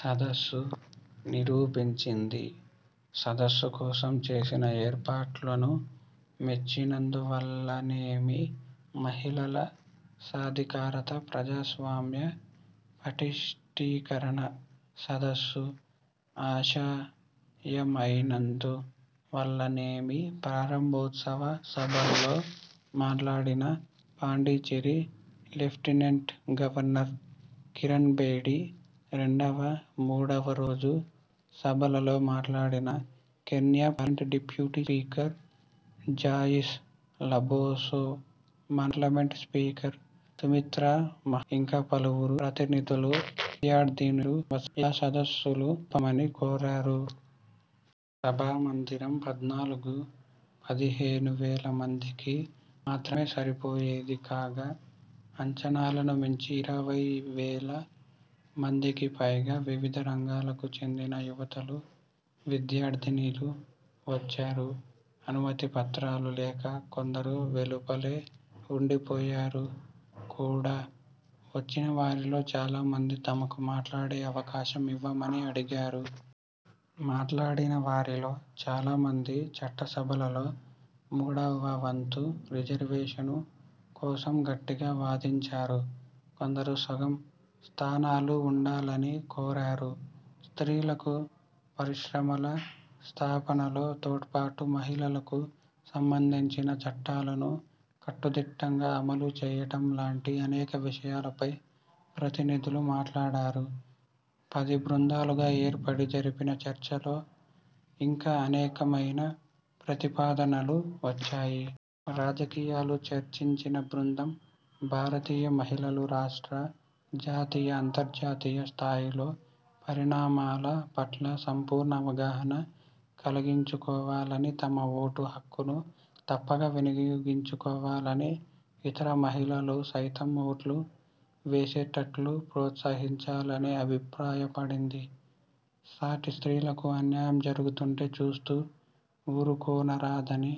సదస్సు నిరూపించింది. సదస్సు కోసం చేసిన ఏర్పాట్లను మెచ్చినందువల్లనేమి, 'మహిళల సాధికారత ప్రజాస్వామ్య పటిష్ఠీకరణ' సదస్సు ఆశయమైనందువల్లనేమి, ప్రారంభోత్సవ సభలో మాట్లాడిన పాండిచేరి లెఫ్టినెంట్ గవర్నర్ కిరణ్బేడి, రెండవ, మూడవ రోజు సభలలో మాట్లాడిన Kenya parliament deputy speaker Joyce Laboso, మన పార్లమెంట్ స్పీకర్ సుమిత్రా మహాజన్, ఇంకా పలువురు ప్రతినిధులు, విద్యార్థినులు ప్రతి సంవత్సరం ఇలా సదస్సులు జరపమని కోరారు. సభామందిరం పద్నాలుగు, పదిహేను వేల మందికి మాత్రమే సరిపోయేది కాగా అంచనాలను మించి ఇరవై వేల మందికి పైగా వివిధ రంగాలకు చెందిన యువతులు, విద్యార్థినులు వచ్చారు. అనుమతి పత్రాలు లేక కొందరు వెలుపలే ఉండిపోయారు కూడా. వచ్చిన వారిలో చాలా మంది తమకు మాట్లాడే అవకాశం ఇవ్వమని అడిగారు. మాట్లాడిన వారిలో చాలా మంది చట్టసభలలో మూడవ వంతు రిజర్వేషను కోసం గట్టిగా వాదించారు. కొందరు సగం స్థానాలు ఉండాలని కోరారు. స్త్రీలకు పరిశ్రమల స్థాపనలో తోడ్పాటు, మహిళలకు సంబంధించిన చట్టాలను కట్టుదిట్టంగా అమలు చేయటం లాంటి అనేక విషయాలపై ప్రతినిధులు మాట్లాడారు. పది బృందాలుగా ఏర్పడి జరిపిన చర్చలలో ఇంకా అనేకమైన ప్రతిపాదనలు వచ్చాయి. రాజకీయాలు చర్చించిన బృందం భారతీయ మహిళలు రాష్ట్ర, జాతీయ, అంతర్జాతీయ స్థాయిలలో పరిణామాల పట్ల సంపూర్ణ అవగాహన కలిగించుకోవాలనీ, తమ ఓటు హక్కును తప్పక వినియోగించుకోవాలనీ, ఇతర మహిళలు సైతం ఓట్లు వేసేటట్లు ప్రోత్సహించాలనీ అభిప్రాయపడింది. సాటి స్త్రీలకు అన్యాయం జరుగుతుంటే చూస్తూ వూరుకొనరాదని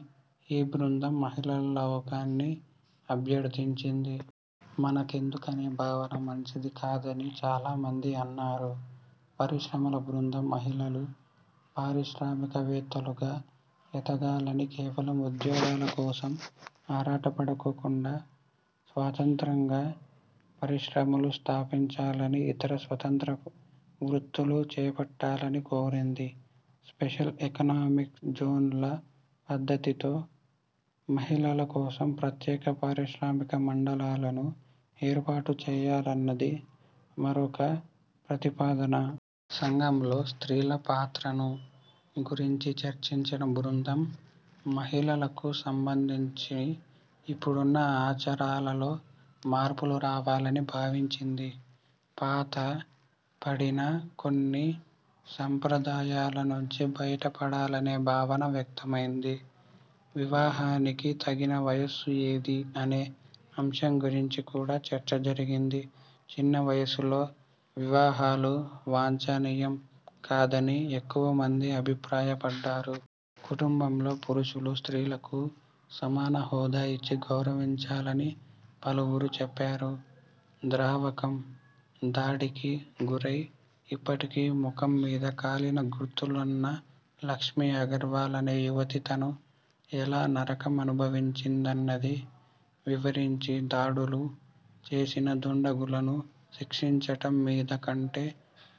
ఈ బృందం మహిళాలోకాన్ని అభ్యర్థించింది. మనకెందుకనే భావన మంచిది కాదని చాలామంది అన్నారు. పరిశ్రమల బృందం మహిళలు పారిశ్రామికవేత్తలుగా ఎదగాలనీ, కేవలం ఉద్యోగాల కోసం ఆరాటపడకుండా స్వతంత్రంగా పరిశ్రమలు స్థాపించాలనీ, ఇతర స్వతంత్ర వృత్తులు చేపట్టాలనీ కోరింది. స్పెషల్ ఎకనామిక్ జోన్ల పద్ధతిలో మహిళల కోసం ప్రత్యేక పారిశ్రామిక మండలాలను ఏర్పాటు చేయాలన్నది మరొక ప్రతిపాదన. సంఘంలో స్త్రీల పాత్రను గురించి చర్చించిన బృందం మహిళలకు సంబంధించి ఇప్పుడున్న ఆచారాలలో మార్పులు రావాలని భావించింది. పాతపడిన కొన్ని సంప్రదాయాల నుంచి బయటపడాలనే భావన వ్యక్తమైంది. వివాహానికి తగిన వయస్సు ఏది అనే అంశం గురించి కూడా చర్చ జరిగింది. చిన్న వయస్సులో వివాహాలు వాంఛనీయం కాదని ఎక్కువమంది అభిప్రాయపడ్డారు. కుటుంబంలో పురుషులు స్త్రీలకు సమాన హోదా ఇచ్చి గౌరవించాలని పలువురు చెప్పారు. ద్రావకం దాడికి గురై, ఇప్పటికీ ముఖం మీద కాలిన గుర్తులున్న లక్ష్మీ అగర్వాల్ అనే యువతి తను ఎలా నరకం అనుభవించినదీ వివరించి, దాడులు చేసిన దుండగులను శిక్షించటం మీద కంటే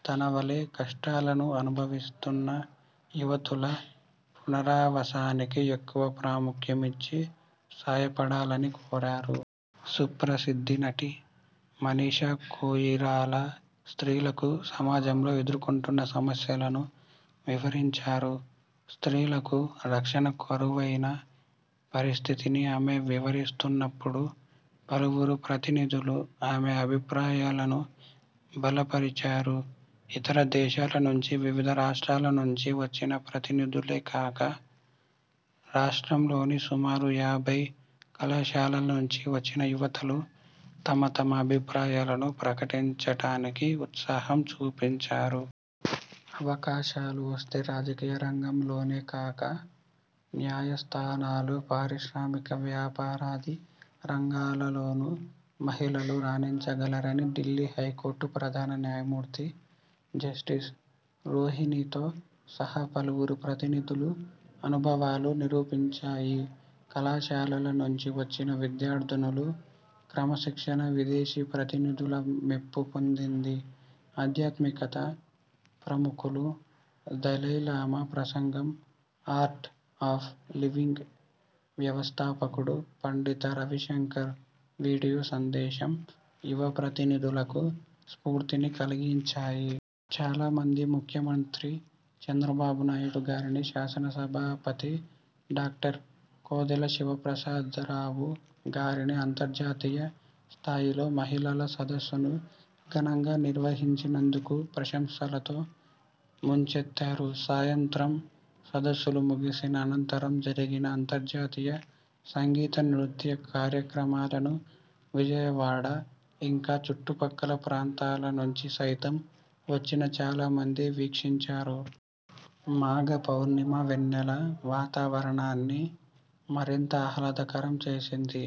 తన వలె కష్టాలను అనుభవిస్తున్న యువతుల పునరావాసానికి ఎక్కువ ప్రాముఖ్యం ఇచ్చి సాయపడాలని కోరారు. సుప్రసిద్ధ నటి మనీషా కోయిరాలా స్త్రీలకు సమాజంలో ఎదుర్కొంటున్న సమస్యలను వివరించారు. స్త్రీలకు రక్షణ కరువైన పరిస్థితిని ఆమె వివరిస్తున్నప్పుడు పలువురు ప్రతినిధులు ఆమె అభిప్రాయాలను బలపరిచారు. ఇతర దేశాల నుంచి, వివిధ రాష్ట్రాల నుంచి వచ్చిన ప్రతినిధులే గాక, రాష్ట్రంలోని సుమారు యాభై కళాశాలల నుంచి వచ్చిన యువతులు తమ తమ అభిప్రాయాలను ప్రకటించటానికి ఉత్సాహం చూపించారు. అవకాశాలు వస్తే రాజకీయ రంగంలోనే గాక, న్యాయస్థానాలు, పారిశ్రామిక, వ్యాపారాది రంగాలలోను మహిళలు రాణించగలరని ఢిల్లీ హైకోర్టు ప్రధాన న్యాయమూర్తి జస్టిస్ రోహిణితో సహా పలువురు ప్రతినిధుల అనుభవాలు నిరూపించాయి. కళాశాలల నుంచి వచ్చిన విద్యార్థినుల క్రమశిక్షణ విదేశీ ప్రతినిధుల మెప్పు పొందింది. ఆధ్యాత్మిక ప్రముఖులు దలైలామా ప్రసంగం, 'ఆర్ట్ ఆఫ్ లివింగ్' వ్యవస్థాపకుడు పండిత రవిశంకర్ వీడియో సందేశం యువ ప్రతినిధులకు స్ఫూర్తిని కలిగించాయి. చాలా మంది ముఖ్యమంత్రి చంద్రబాబు నాయుడు గారినీ, శాసనసభాపతి డాక్టర్ కోడెల శివప్రసాదరావు గారినీ అంతర్జాతీయ స్థాయిలో మహిళల సదస్సును ఘనంగా నిర్వహించినందుకు ప్రశంసలతో ముంచెత్తారు. సాయంత్రం సదస్సులు ముగిసిన అనంతరం జరిగిన అంతర్జాతీయ సంగీత నృత్య కార్యక్రమాలను విజయవాడ, ఇంకా చుట్టుపక్కల ప్రాంతాల నుంచి సైతం వచ్చిన చాలా మంది వీక్షించారు. మాఘ పౌర్ణమి వెన్నెల వాతావరణాన్ని మరింత ఆహ్లాదకరం చేసింది.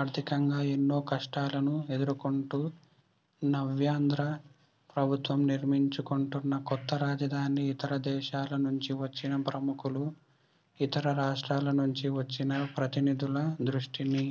ఆర్థికంగా ఎన్నో కష్టాలను ఎదుర్కొంటూ నవ్యాంధ్ర ప్రభుత్వం నిర్మించుకొంటున్న కొత్త రాజధాని ఇతర దేశాల నుంచి వచ్చిన ప్రముఖుల, ఇతర రాష్ట్రాల నుంచి వచ్చిన ప్రతినిధుల దృష్టిని